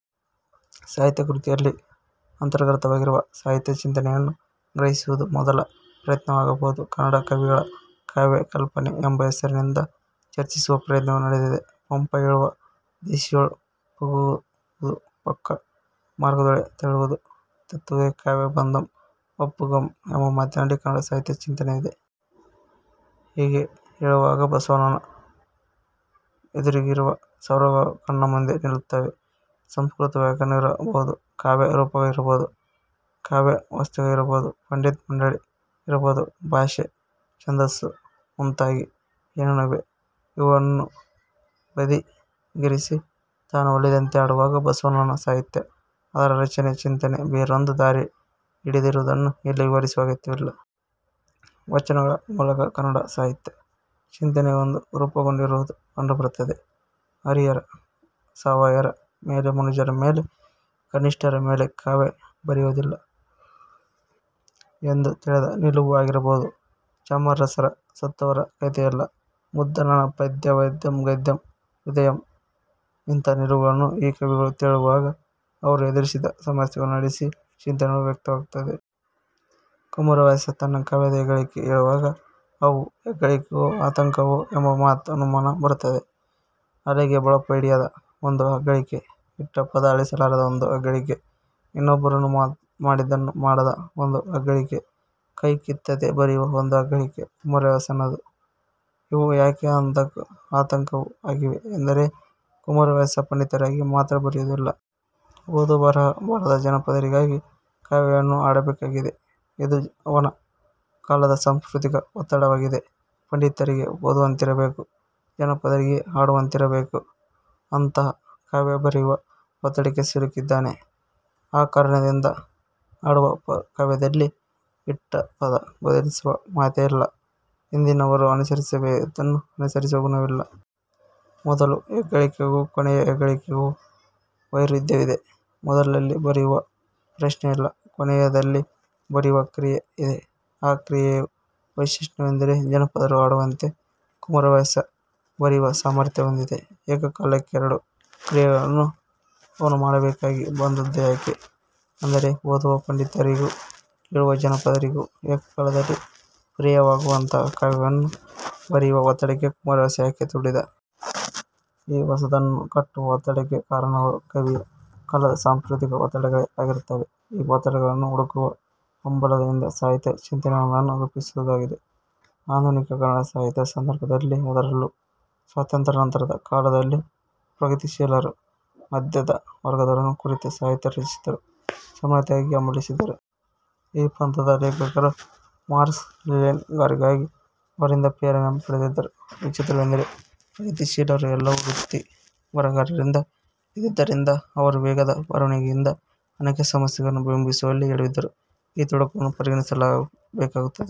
ಸಾಹಿತ್ಯ ಕೃತಿಯಲ್ಲಿ ಅಂತರ್ಗತವಾಗಿರುವ ಸಾಹಿತ್ಯ ಚಿಂತನೆಯನ್ನು ಗ್ರಹಿಸುವುದು ಮೊದಲ ಪ್ರಯತ್ನವಾಗಬಹುದು. 'ಕನ್ನಡ ಕವಿಗಳ ಕಾವ್ಯ ಕಲ್ಪನೆ' ಎಂಬ ಹೆಸರಿನಿಂದ ಚರ್ಚಿಸುವ ಪ್ರಯತ್ನಗಳ ನಡೆದಿವೆ. ಪಂಪ ಹೇಳುವ 'ದೇಶಿಯೊಳ್ ಪುಗುವುದು ಪೊಕ್ಕು ಮಾರ್ಗದೊಳೆ ತಳ್ವುದು. ತತ್ತೊಡೆ ಕಾವ್ಯಬಂಧಂ ಒಪ್ಪುಗಂ' ಎಂಬ ಮಾತಿನಲ್ಲಿ ಕನ್ನಡ ಸಾಹಿತ್ಯ ಚಿಂತನೆ ಇದೆ. ಹೀಗೆ ಹೇಳುವಾಗ ಬಸವಣ್ಣನ ಎದುರಿಗಿರುವ ಸವಾಲುಗಳು ಕಣ್ಣ ಮುಂದೆ ನಿಲ್ಲುತ್ತವೆ. ಸಂಸ್ಕೃತ ವ್ಯಾಕರಣವಿರ ಬಹುದು, ಕಾವ್ಯ ರೂಪಗಳಿರಬಹುದು. ಕಾವ್ಯ ವಸ್ತುಗಳಿರಬಹುದು. ಪಂಡಿತ ಮಂಡಳಿ ಇರಬಹುದು. ಭಾಷೆ, ಛಂದಸ್ಸು ಮುಂತಾಗಿ ಏನೇನೋ ಇವೆ. ಇವುಗಳನ್ನು ಬದಿಗಿರಿಸಿ 'ತಾನು ಒಲಿದಂತೆ ಹಾಡುವಾಗ' ಬಸವಣ್ಣನ ಸಾಹಿತ್ಯ, ಅದರ ರಚನೆ, ಚಿಂತನೆ ಬೇರೊಂದು ದಾರಿ ಹಿಡಿದಿರುವುದನ್ನು ಇಲ್ಲಿ ವಿವರಿಸುವ ಅಗತ್ಯವಿಲ್ಲ. ವಚನಗಳ ಮೂಲಕ ಕನ್ನಡ ಸಾಹಿತ್ಯ ಚಿಂತನೆಯೊಂದು ರೂಪುಗೊಂಡಿರುವುದು ಕಂಡುಬರುತ್ತದೆ. ಹರಿಹರ 'ಸಾವವರ ಮೇಲೆ ಮನುಜರ ಮೇಲೆ, ಕನಿಷ್ಠರ ಮೇಲೆ' ಕಾವ್ಯ ಬರೆಯುವುದಿಲ್ಲ ಎಂದು ತಳೆದ ನಿಲುವು ಆಗಿರಬಹುದು. ಚಾಮರಸನ 'ಸತ್ತವರ ಕಥೆಯಲ್ಲ.. ' ಮುದ್ದಣನ 'ಪದ್ಯ ವದ್ಯಂ, ಗದ್ಯಂ ಹೃದ್ಯಂ. ' ಇಂಥ ನಿಲುವುಗಳನ್ನು ಈ ಕವಿಗಳು ತಳೆಯುವಾಗ ಅವರು ಎದುರಿಸಿದ ಸಮಸ್ಯೆಗಳು, ನಡೆಸಿದ ಚಿಂತನೆಗಳು ವ್ಯಕ್ತವಾಗುತ್ತವೆ. ಕುಮಾರವ್ಯಾಸ ತನ್ನ ಕಾವ್ಯದ ಹೆಗ್ಗಳಿಕೆ ಹೇಳುವಾಗ, ಅವು ಹೆಗ್ಗಳಿಕೆಗಳೋ ಆತಂಕಗಳೋ ಎಂಬ ಅನುಮಾನ ಬರುತ್ತದೆ. ಹಲಗೆ, ಬಳಪ ಹಿಡಿಯದ ಒಂದು ಅಗ್ಗಳಿಕೆ, ಇಟ್ಟ ಪದ ಅಳಿಸಲಾರದ ಒಂದು ಅಗ್ಗಳಿಕೆ, ಇನ್ನೊಬ್ಬರು ಮಾಡಿದ್ದನ್ನು ಮಾಡದ ಒಂದು ಅಗ್ಗಳಿಕೆ, ಕೈ ಕಿತ್ತದೆ ಬರೆಯುವ ಒಂದು ಅಗ್ಗಳಿಕೆ ಕುಮಾರವ್ಯಾಸನದು. ಇವು ಯಾಕೆ ಆತಂಕವೂ ಆಗಿವೆ ಎಂದರೆ, ಕುಮಾರವ್ಯಾಸ ಪಂಡಿತರಿಗಾಗಿ ಮಾತ್ರ ಬರೆಯುವುದಿಲ್ಲ. ಓದು ಬರಹ ಬಾರದ ಜನಪದರಿಗಾಗಿ ಕಾವ್ಯವನ್ನು ಹಾಡಬೇಕಾಗಿದೆ. ಇದು ಅವನ ಕಾಲದ ಸಾಂಸ್ಕೃತಿಕ ಒತ್ತಡವಾಗಿದೆ. ಪಂಡಿತರಿಗೆ ಓದುವಂತಿರಬೇಕು. ಜನಪದರಿಗೆ ಹಾಡುವಂತಿರಬೇಕು. ಅಂಥ ಕಾವ್ಯ ಬರೆಯುವ ಒತ್ತಡಕ್ಕೆ ಸಿಲುಕಿದ್ದಾನೆ. ಆ ಕಾರಣದಿಂದ ಹಾಡುವ ಕಾವ್ಯದಲ್ಲಿ ಇಟ್ಟ ಪದ ಬದಲಿಸುವ ಮಾತೇ ಇಲ್ಲ. ಹಿಂದಿನವರು ಅನುಸರಿಸಿದ್ದನ್ನು ಅನುಸರಿಸುವ ಗುಣವಿಲ್ಲ. ಮೊದಲ ಹೆಗ್ಗಳಿಕೆಗೂ ಕೊನೆಯ ಹೆಗ್ಗಳಿಕೆಗೂ ವೈರುಧ್ಯವಿದೆ. ಮೊದಲಲ್ಲಿ ಬರೆಯುವ ಪ್ರಶ್ನೆಯಿಲ್ಲ. ಕೊನೆಯದರಲ್ಲಿ ಬರೆಯುವ ಕ್ರಿಯೆ ಇದೆ. ಆ ಕ್ರಿಯೆಯ ವೈಶಿಷ್ಟ್ಯವೆಂದರೆ ಜನಪದರು ಹಾಡುವಂತೆ ಕುಮಾರವ್ಯಾಸ ಬರೆಯುವ ಸಾಮರ್ಥ್ಯ ಹೊಂದಿದ್ದ. ಏಕಕಾಲಕ್ಕೆ ಎರಡು ಕ್ರಿಯೆಗಳನ್ನು ಅವನು ಮಾಡಬೇಕಾಗಿ ಬಂದದ್ದು ಯಾಕೆ? ಅಂದರೆ ಓದುವ ಪಂಡಿತರಿಗೂ, ಕೇಳುವ ಜನಪದರಿಗೂ ಏಕಕಾಲದಲ್ಲಿ ಪ್ರಿಯವಾಗುವಂಥ ಕಾವ್ಯವನ್ನು ಬರೆಯುವ ಒತ್ತಡಕ್ಕೆ ಕುಮಾರವ್ಯಾಸ ಯಾಕೆ ತುಡಿದ? ಈ ಹೊಸದನ್ನು ಕಟ್ಟುವ ಒತ್ತಡಕ್ಕೆ ಕಾರಣಗಳು ಕವಿಯ ಕಾಲದ ಸಾಂಸ್ಕೃತಿಕ ಒತ್ತಡಗಳೇ ಆಗಿರುತ್ತವೆ. ಈ ಒತ್ತಡಗಳನ್ನು ಹುಡುಕುವ ಹಂಬಲದ ಹಿಂದೆ ಸಾಹಿತ್ಯ ಚಿಂತನೆಯೊಂದನ್ನು ರೂಪಿಸುವುದಾಗಿದೆ. ಆಧುನಿಕ ಕನ್ನಡ ಸಾಹಿತ್ಯ ಸಂದರ್ಭದಲ್ಲಿ ಅದರಲ್ಲೂ ಸ್ವಾತಂತ್ರ್ಯಾನಂತರದ ಕಾಲದಲ್ಲಿ ಪ್ರಗತಿಶೀಲರು ಮಧ್ಯಮ ವರ್ಗದವರನ್ನು ಕುರಿತು ಸಾಹಿತ್ಯ ರಚಿಸಿದರು. ಸಮಾನತೆಗಾಗಿ ಹಂಬಲಿಸಿದರು. ಈ ಪಂಥದ ಲೇಖಕರು ಮಾರ್ಕ್ಸ್, ಲೆಲಿನ್, ಗಾರ್ಗಿ ಅವರಿಂದ ಪ್ರೇರಣೆ ಪಡೆದಿದ್ದರು. ವಿಚಿತ್ರವೆಂದರೆ ಪ್ರಗತಿಶೀಲರು ಎಲ್ಲರೂ ವೃತ್ತಿ ಬರಹಗಾರರಾಗಿ ಇದ್ದಿದ್ದರಿಂದ ಅವರ ವೇಗದ ಬರವಣಿಗೆಯಿಂದ ಅನೇಕ ಸಮಸ್ಯೆಗಳನ್ನು ಬಿಂಬಿಸುವಲ್ಲಿ ಎಡವಿದರು. ಈ ತೊಡಕನ್ನು ಪರಿಗಣಿಸಬೇಕಾಗುತ್ತದೆ.